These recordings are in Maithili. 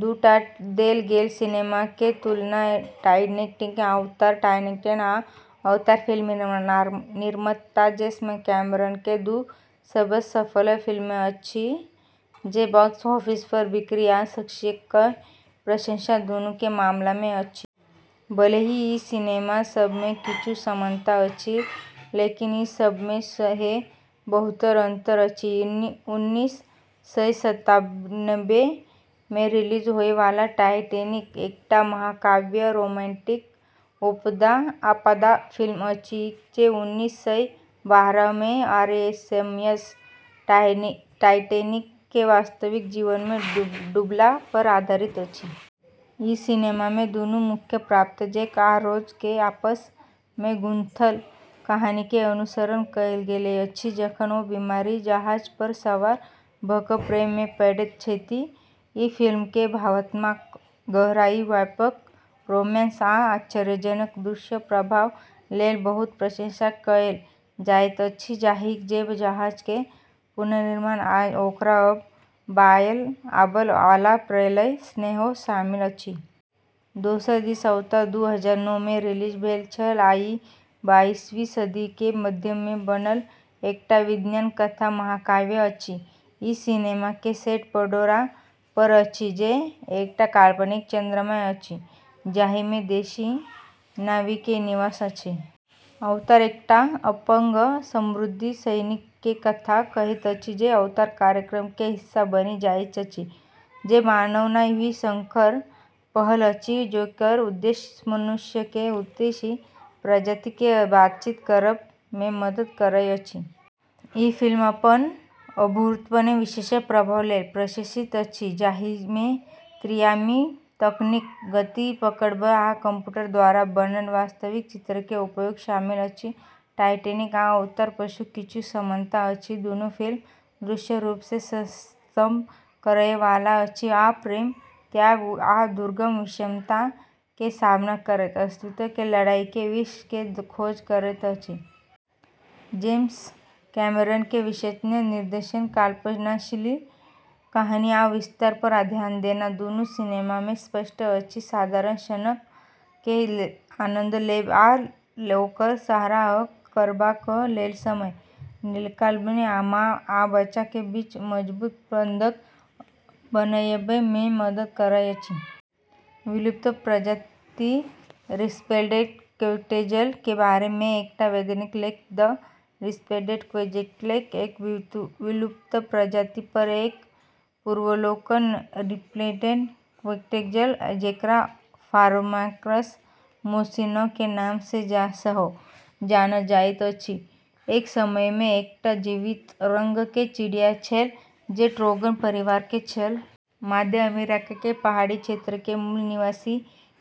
दू टा देल गेल सिनेमा के तुलना। टाइटैनिक आ अवतार। टाइटैनिक आ अवतार फिल्म निर्माता जेम्स कैमरन के दू सबसँ सफल फिल्म अछि, जे बॉक्स ऑफिस पर बिक्री आ समीक्षक के प्रशंसा दुनू के मामला मे अछि। भले ही ई सिनेमा सब मे किछु समानता अछि, लेकिन ई सब मे सेहो बहुत अंतर अछि। उन्नीस सय सत्तानबे मे रिलीज होय वाला टाइटैनिक एकटा महाकाव्य रोमांटिक आपदा फिल्म अछि जे उन्नीस सय बारह मे आरएमएस टाइटैनिक के वास्तविक जीवन मे डूबला पर आधारित अछि। ई सिनेमा मे दुनू मुख्य पात्र जैक आ रोज के आपस मे गूंथल कहानी के अनुसरण कएल गेल अछि, जखन ओ बीमार जहाज पर सवार भ क प्रेम मे पड़ैत छथि। ई फिल्म के भावनात्मक गहराई, व्यापक रोमांस, आ आश्चर्यजनक दृश्य प्रभाव लेल बहुत प्रशंसा कएल जाइत अछि, जाहि मे जहाज के पुनर्निर्माण आ ओकरा पर आबय वाला प्रलय सेहो शामिल अछि। दोसर दिस अवतार दू हजार नौ मे रिलीज भेल छल आ ई बाइसवीं सदी के मध्य मे बनल एकटा विज्ञान कथा महाकाव्य अछि। ई सिनेमा के सेट पैंडोरा पर अछि, जे एकटा काल्पनिक चंद्रमा अछि, जाहि मे देशी ना वी के निवास अछि। अवतार एकटा अपंग समुद्री सैनिक के कथा कहैत अछि जे अवतार कार्यक्रम के हिस्सा बनि जाइत अछि, जे मानव ना वी संकर पहल अछि जेकर उद्देश्य मनुष्य के विदेशी प्रजाति के साथ बातचीत करब मे मदद करब अछि। ई फिल्म अपन अभूतपूर्व विशेष प्रभाव लेल प्रशंसित अछि, जाहि मे त्रिआयामी तकनीक, गति पकड़ब, आ कंप्यूटर द्वारा बनल वास्तविक चित्र के उपयोग शामिल अछि। टाइटैनिक आ अवतार मे किछु समानता अछि। दुनू फिल्म दृश्य रूप सँ स्तब्ध करय वाला अछि आ प्रेम, त्याग, आ दुर्गम विषमता के सामना करैत अस्तित्व के लड़ाई के विषय के खोज करैत अछि। जेम्स कैमरन के विशेषज्ञ निर्देशन, कल्पनाशील कहानी, आ विस्तार पर ध्यान देना दुनू सिनेमा मे स्पष्ट अछि। साधारण क्षणक के आनंद लेब आ ओकर सराहना करबाक लेल समय निकालब माँ आ बच्चा के बीच मजबूत बंधन बनएब मे मदद करैत अछि। विलुप्त प्रजाति, रेस्प्लेंडेंट क्वेट्ज़ल के बारे मे एकटा वैज्ञानिक लेख। द रेस्प्लेंडेंट क्वेट्ज़ल एक विलुप्त प्रजाति पर एक पूर्वालोकन। रेस्प्लेंडेंट क्वेट्ज़ल, जकरा फारोमाक्रस मोसिनो के नाम सँ सेहो जानल जाइत अछि, एक समय मे एकटा जीवंत रंग के चिड़िया छल जे ट्रोगन परिवार के छल। मध्य अमेरिका के पहाड़ी क्षेत्र के मूल निवासी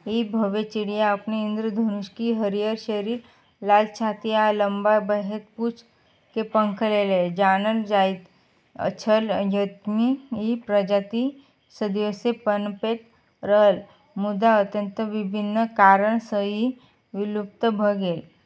ई भव्य चिड़िया अपन इंद्रधनुषी हरियर शरीर, लाल छाती आ लम्बा, बहैत पूँछ के पंख लेल जानल जाइत छल। यद्यपि ई प्रजाति सदियो सँ पनपैत रहल, मुदा अंततः विभिन्न कारण सँ ई विलुप्त भ गेल।